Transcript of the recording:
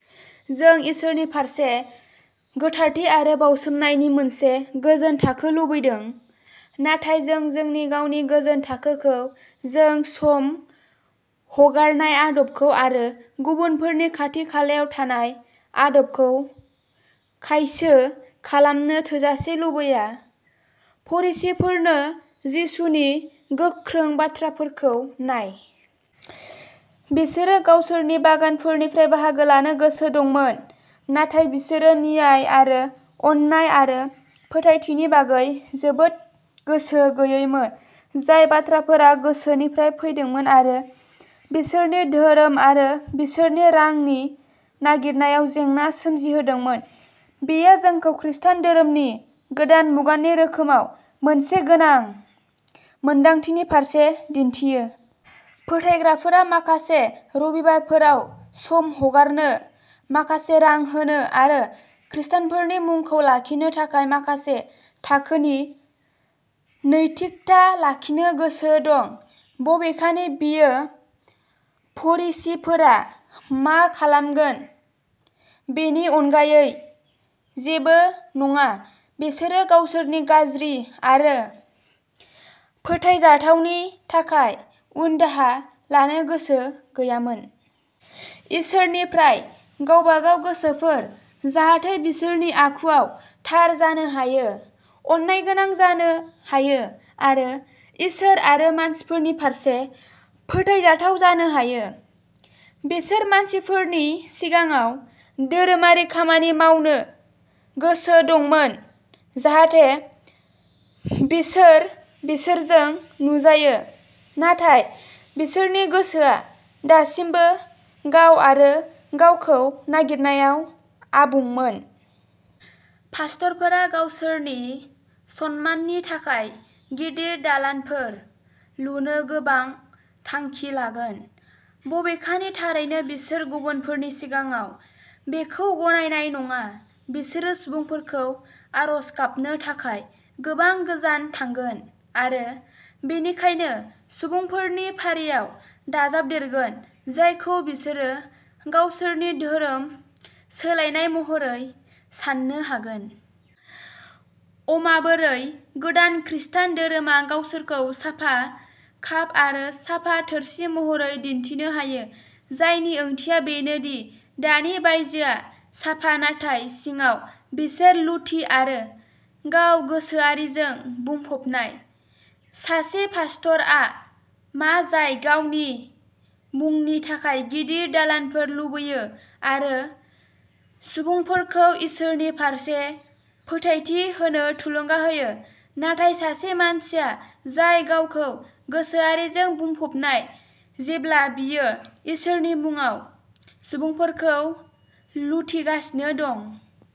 जों इसोरनि फारसे गोथारथि आरो "बाउसोमनाय" नि मोनसे गोजोन थाखो लुबैदों, नाथाय जों जोंनि गावनि गोजोन थाखोखौ, जों सम हगारनाय आदबखौ, आरो गुबुनफोरनि खाथि-खालायाव थानाय आदबखौ खायसो खालामनो थोजासे लुबैया। फरिसीफोरनो जिसुनि गोख्रों बाथ्राफोरखौ नाय। बिसोरो गावसोरनि बागानफोरनिफ्राय बाहागो लानो गोसो दंमोन, नाथाय बिसोरो न्याय आरो अननाय आरो फोथायथिनि बागै जोबोद गोसो गैयैमोन, जाय बाथ्राफोरा गोसोनिफ्राय फैदोंमोन आरो बिसोरनि धोरोम आरो बिसोरनि रांनि नागिरनायाव जेंना सोमजिहोदोंमोन। बेयो जोंखौ खृष्टान धोरोमनि गोदान मुगानि रोखोमाव मोनसे गोनां मोनदांथिनि फारसे दिन्थियो। फोथायग्राफोरआ माखासे रबिबारफोराव सम हगारनो, माखासे रां होनो, आरो खृष्टानफोरनि मुंखौ लाखिनो थाखाय माखासे थाखोनि नैतिकता लाखिनो गोसो दं। बबेखानि, बेयो फरिसीफोरा मा खालामगोन बेनि अनगायै जेबो नङा। बिसोरो गावसोरनि गाज्रि आरो फोथायजाथावनि थाखाय उनदाहा लानो गोसो गैयामोन। इसोरनिफ्राय गावबागाव गोसोफोर जाहाथे बिसोरनि आखुआव थार जानो हायो, अननायगोनां जानो हायो, आरो इसोर आरो मानसिफोरनि फारसे फोथायजाथाव जानो हायो। बिसोर मानसिफोरनि सिगाङाव धोरोमारि खामानि मावनो गोसो दंमोन जाहाथे बिसोर बिसोरजों नुजायो, नाथाय बिसोरनि गोसोआ दासिमबो गाव आरो गावखौ नागिरनायाव आबुंमोन। पास्टरफोरा गावसोरनि सन्माननि थाखाय गिदिर दालानफोर लुनो गोबां थांखि लागोन, बबेखानि थारैनो बिसोर गुबुनफोरनि सिगाङाव बेखौ गनायनाय नङा। बिसोरो सुबुंफोरखौ आरज गाबनो थाखाय गोबां गोजान थांगोन आरो बेनिखायनो सुबुंफोरनि फारियाव दाजाबदेरगोन जायखौ बिसोरो गावसोरनि धोरोम सोलायनाय महरै साननो हागोन। अ'माबोरै गोदान खृस्टान धोरोमा गावसोरखौ साफा काप आरो साफा थोरसि महरै दिन्थिनो हायो, जायनि ओंथिया बेनो दि दानि बायजोआ साफा, नाथाय सिङाव बिसोर लुथि आरो गाव-गोसोआरिजों बुंफबनाय। सासे पास्टरआ मा जाय गावनि मुंनि थाखाय गिदिर दालानफोर लुगैयो आरो सुबुंफोरखौ इसोरनि फारसे फोथायथि होनो थुलुंगा होयो, नाथाय सासे मानसिया जाय गावखौ-गोसोआरिजों बुंफबनाय जेब्ला बियो इसोरनि मुङाव सुबुंफोरखौ लुथिगासिनो दं?